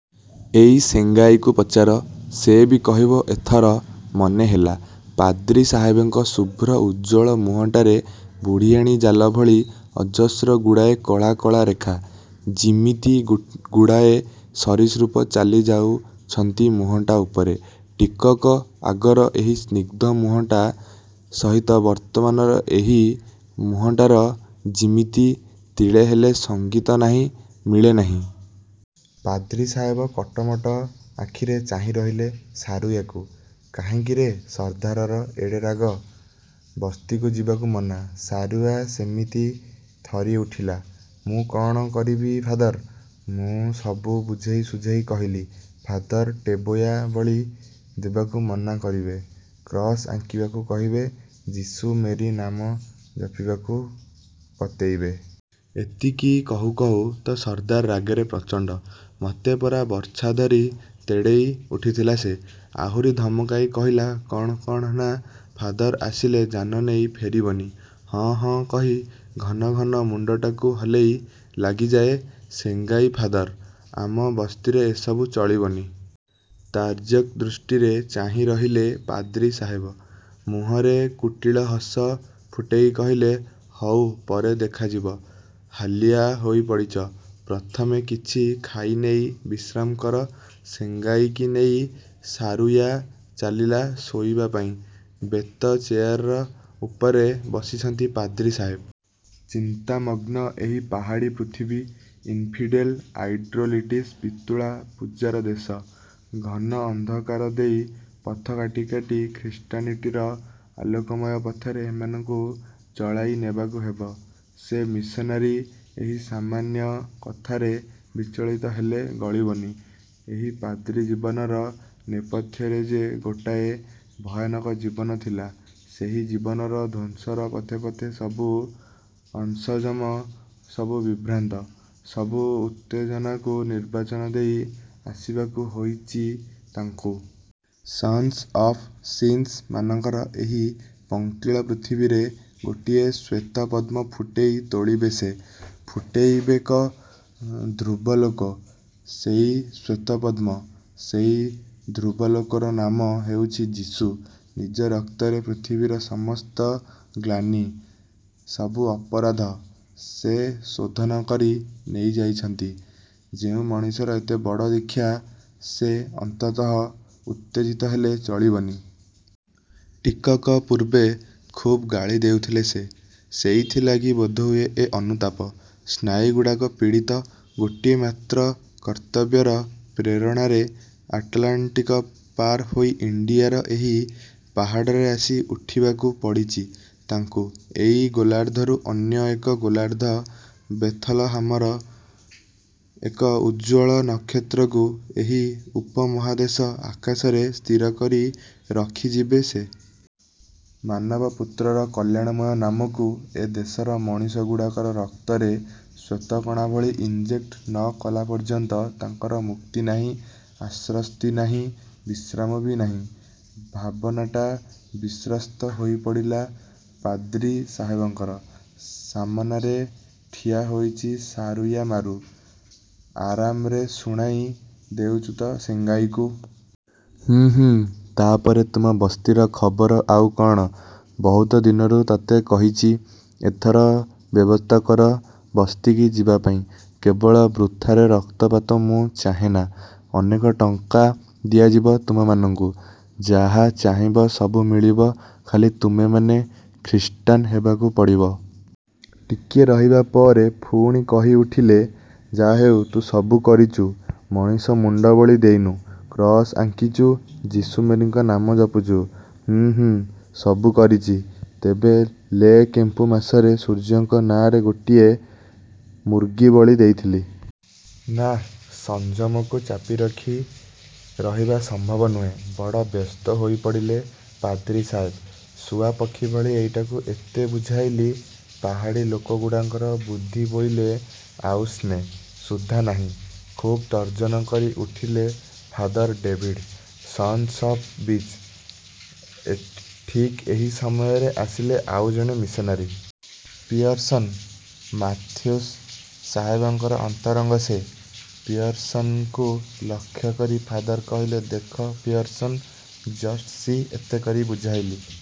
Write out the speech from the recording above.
ଏଇ ସେଙ୍ଗାଇକୁ ପଚାର। ସେ ବି କହିବ-। ଏଥର ମନେହେଲା, ପାଦ୍ରୀ ସାହେବଙ୍କ ଶୁଭ୍ର ଉଜ୍ଜ୍ୱଳ ମୁହଁଟାରେ ବୁଢ଼ୀଆଣୀ ଜାଲ ଭଳି ଅଜସ୍ର ଗୁଡ଼ାଏ କଳା କଳା ରେଖା। ଯିମିତି ଗୁଡ଼ାଏ ସରୀସୃପ ଚାଲିଯାଉଚନ୍ତି ମୁହଁଟା ଉପରେ। ଟିକକ ଆଗର ଏହି ସ୍ନିଗ୍ଧ ମୁହଁଟା ସହିତ ବର୍ତ୍ତମାନର ଏହି ମୁହଁଟାର ଯିମିତି ତିଳେହେଲେ ସଙ୍ଗିତ ନାହିଁ, ମେଳ ନାହିଁ। ପାଦ୍ରୀ ସାହେବ କଟମଟ ଆଖିରେ ଚାହିଁରହିଲେ ସାରୁୟାକୁ–କାହିଁକିରେ ସର୍ଦ୍ଧାରର ଏଡ଼େ ରାଗ? ବସ୍ତିକୁ ଯିବାକୁ ମନା? ସାରୁୟା ସେମିତି ଥରିଉଠିଲା, ମୁଁ କ'ଣ କରିବି ଫାଦର? ମୁଁ ସବୁ ବୁଝେଇ ସୁଝେଇ କହିଲି, ଫାଦର ଟେବୋୟା ବଳି ଦେବାକୁ ମନା କରିବେ, କ୍ରସ ଆଙ୍କିବାକୁ କହିବେ, ଯୀଶୁ, ମେରୀ ନାମ ଜପିବାକୁ ବତେଇବେ। ଏତିକି କହୁ କହୁ ତ ସର୍ଦ୍ଦାର ରାଗରେ ପ୍ରଚଣ୍ଡ। ମତେ ପରା ବର୍ଚ୍ଛା ଧରି ତେଢ଼େଇ ଉଠିଥିଲା ସେ। ଆହୁରି ଧମକାଇ କହିଲା କ'ଣ କ'ଣ ନା, ଫାଦର ଆସିଲେ ଜା'ନ ନେଇ ଫେରିବନି। ହଁ ହୁଁ କହି ଘନ ଘନ ମୁଣ୍ଡଟାକୁ ହଲେଇ ଲାଗିଯାଏ ସେଙ୍ଗାଇ–ଫାଦର, ଆମ ବସ୍ତିରେ ଏସବୁ ଚଳିବନି। ତାର୍ଯ୍ୟକ୍ ଦୃଷ୍ଟିରେ ଚାହିଁରହିଲେ ପାଦ୍ରୀ ସାହେବ। ମୁହଁରେ କୁଟୀଳ ହସ ଫୁଟେଇ କହିଲେ, ''ହଉ ପରେ ଦେଖାଯିବ। ହାଲିଆ ହୋଇପଡ଼ିଚ ପ୍ରଥମେ କିଛି ଖାଇନେଇ ବିଶ୍ରାମ କର-। '' ସେଙ୍ଗାଇକି ନେଇ ସାରୁୟା ଚାଲିଲା ଶୋଇବା ପାଇଁ। ବେତ ଚେୟାର ଉପରେ ବସିଛନ୍ତି ପାଦ୍ରୀ ସାହେବ। ଚିନ୍ତାମଗ୍ନ ଏହି ପାହାଡ଼ୀ ପୃଥିବୀ। ଇନଫିଡ଼େଲ, ଆଇଡ଼୍ରୋଲିଟିସ୍, ପିତୁଳା ପୂଜାର ଦେଶ। ଘନ ଅନ୍ଧକାର ଦେଇ ପଥ କାଟି କାଟି ଖ୍ରୀଷ୍ଟାନିଟିର ଆଲୋକମୟ ପଥରେ ଏମାନଙ୍କୁ ଚଳାଇ ନେବାକୁ ହେବ। ସେ ମିଶନାରୀ, ଏହି ସାମାନ୍ୟ କଥାରେ ବିଚଳିତ ହେଲେ ଗଳିବନି। ଏହି ପାଦ୍ରୀ-ଜୀବନର ନେପଥ୍ୟରେ ଯେ ଗୋଟାଏ ଭୟାନକ ଜୀବନ ଥିଲା, ସେଇ ଜୀବନର ଧ୍ୱଂସର ପଥେ ପଥେ ସବୁ ଅସଂଯମ, ସବୁ ବିଭ୍ରାନ୍ତ, ସବୁ ଉତ୍ତେଜନାକୁ ନିର୍ବାଚନ ଦେଇ ଆସିବାକୁ ହୋଇଚି ତାଙ୍କୁ। ସନ୍ସ ଅଫ୍ ସିନ୍ସ୍ ମାନଙ୍କର ଏହି ପଙ୍କିଳ ପୃଥିବୀରେ ଗୋଟିଏ ଶ୍ୱେତପଦ୍ମ ଫୁଟେଇ ତୋଳିବେ ସେ। ଫୁଟେଇବେ, କ ଧ୍ରୁବଲୋକ। ସେଇ ଶ୍ୱେତପଦ୍ମ, ସେଇ ଧ୍ରୁବଲୋକର ନାମ ହେଉଚି ଯୀଶୁ। ନିଜ ରକ୍ତରେ ପୃଥିବୀର ସମସ୍ତ ଗ୍ଳାନି, ସବୁ ଅପରାଧ ସେ ଶୋଧନ କରି ନେଇଯାଇଚନ୍ତି। ଯେଉଁ ମଣିଷର ଏତେ ବଡ଼ ଦୀକ୍ଷା, ସେ ଅନ୍ତତଃ ଉତ୍ତେଜିତ ହେଲେ ଚଳିବନି। ଟିକକ ପୂର୍ବେ ଖୁବ୍ ଗାଳି ଦେଉଥିଲେ ସେ। ସେଇଥିଲାଗି ବୋଧହୁଏ ଏ ଅନୁତାପ। ସ୍ନାୟୁଗୁଡ଼ାକ ପୀଡ଼ିତ। ଗୋଟିଏ ମାତ୍ର କର୍ତ୍ତବ୍ୟର ପ୍ରେରଣାରେ ଆଟଲାଣ୍ଟିକ ପାର ହୋଇ ଇଣ୍ଡିଆର ଏହି ପାହାଡ଼ରେ ଆସି ଉଠିବାକୁ ପଡ଼ିଚି ତାଙ୍କୁ–ଏକ ଗୋଲାର୍ଦ୍ଧରୁ ଅନ୍ୟ ଏକ ଗୋଲାର୍ଦ୍ଧ, ବେଥଲହାମର ଏକ ଉଜ୍ଜ୍ୱଳ ନକ୍ଷତ୍ରକୁ ଏହି ଉପମହାଦେଶ ଆକାଶରେ ସ୍ଥିରକରି ରଖିଯିବେ ସେ। ମାନବପୁତ୍ରର କଲ୍ୟାଣମୟ ନାମକୁ ଏ ଦେଶର ମଣିଷ ଗୁଡ଼ାକର ରକ୍ତରେ ଶ୍ୱେତକଣା ଭଳି ଇଂଜେକ୍ଟ ନ କଲାପର୍ଯ୍ୟନ୍ତ ତାଙ୍କର ମୁକ୍ତି ନାହିଁ ଆଶସ୍ତି ନାହିଁ ବିଶ୍ରାମ ବି ନାହିଁ। ଭାବନଟା ବିଶ୍ରସ୍ତ ହୋଇପଡ଼ିଲା ପାଦ୍ରୀ ସାହେବଙ୍କର। ସାମନାରେ ଠିଆ ହୋଇଚି ସାରୁୟାମାରୁ। –ଆରାମରେ ଶୁଆଇ ଦେଇଚୁ ତ ସେଙ୍ଗାଇକୁ? –ହୁଁ ହୁଁ। ତାପରେ ତୁମ ବସ୍ତିର ଖବର ଆଉ କ'ଣ? ବହୁତ ଦିନରୁ ତତେ କହିଚି, ଏଥର ବ୍ୟବସ୍ଥା କର ବସ୍ତିକି ଯିବା ପାଇଁ। କେବଳ ବୃଥାରେ ରକ୍ତପାତ ମୁଁ ଚାହେଁନା। ଅନେକ ଟଙ୍କା ଦିଆଯିବ ତୁମମାନଙ୍କୁ। ଯାହା ଚାହିଁବ ସବୁ ମିଳିବ। ଖାଲି ତୁମେମାନେ ଖ୍ରୀଷ୍ଟାନ ହେବାକୁ ପଡ଼ିବ-। ଟିକିଏ ରହିବା ପରେ ପୁଣି କହି ଉଠିଲେ–ଯାହାହେଉ ତୁ ସବୁ କରିଚୁ। ମଣିଷ ମୁଣ୍ଡ ବଳି ଦେଉନୁ, କ୍ରସ୍ ଆଙ୍କିଚୁ, ଯୀଶୁ ମେରୀଙ୍କ ନାମ ଜପିଚୁ। –ହୁଁ ହୁଁ, ସବୁ କରିଚି, ତେବେ ଲେ କେମ୍ପୁ ମାସରେ ସୂର୍ଯ୍ୟଙ୍କ ନାଁରେ ଗୋଟାଏ ମୁର୍ଗୀ ବଳି ଦେଇଥିଲି। ନାଃ–ସଂଯମକୁ ଚାପିରଖି ରହିବା ସମ୍ଭବ ନୁହେଁ। ବଡ଼ ବ୍ୟସ୍ତ ହୋଇପଡ଼ିଲେ ପାଦ୍ରୀ ସାହେବ। ଶୁଆପକ୍ଷୀ ଭଳି ଏଇଟାକୁ ଏତେ ବୁଝେଇଲି। ପାହାଡ଼ୀ ଲୋକଗୁଡ଼ାଙ୍କର ବୁଦ୍ଧି ବୋଇଲେ ଆଉନ୍ସେ ସୁଦ୍ଧା ନାହିଁ। ଖୁବ୍ ତର୍ଜନ କରି ଉଠିଲେ ଫାଦର–''ଡ଼େଭିଡ଼୍। Sons of bitch. '' ଠିକ୍ ଏହି ସମୟରେ ଆସଲେ ଆଉ ଜଣେ ମିଶନାରୀ। ପିୟର୍ସନ। ମାଥ୍ୟୁସ ସାହେବଙ୍କର ଅନ୍ତରଙ୍ଗ ସେ। ପିୟର୍ସନଙ୍କୁ ଲକ୍ଷ୍ୟକରି ଫାଦର କହିଲେ–ଦେଖ ପିୟର୍ସନ। Just see-. ଏତେ କରି ବୁଝାଇଲି।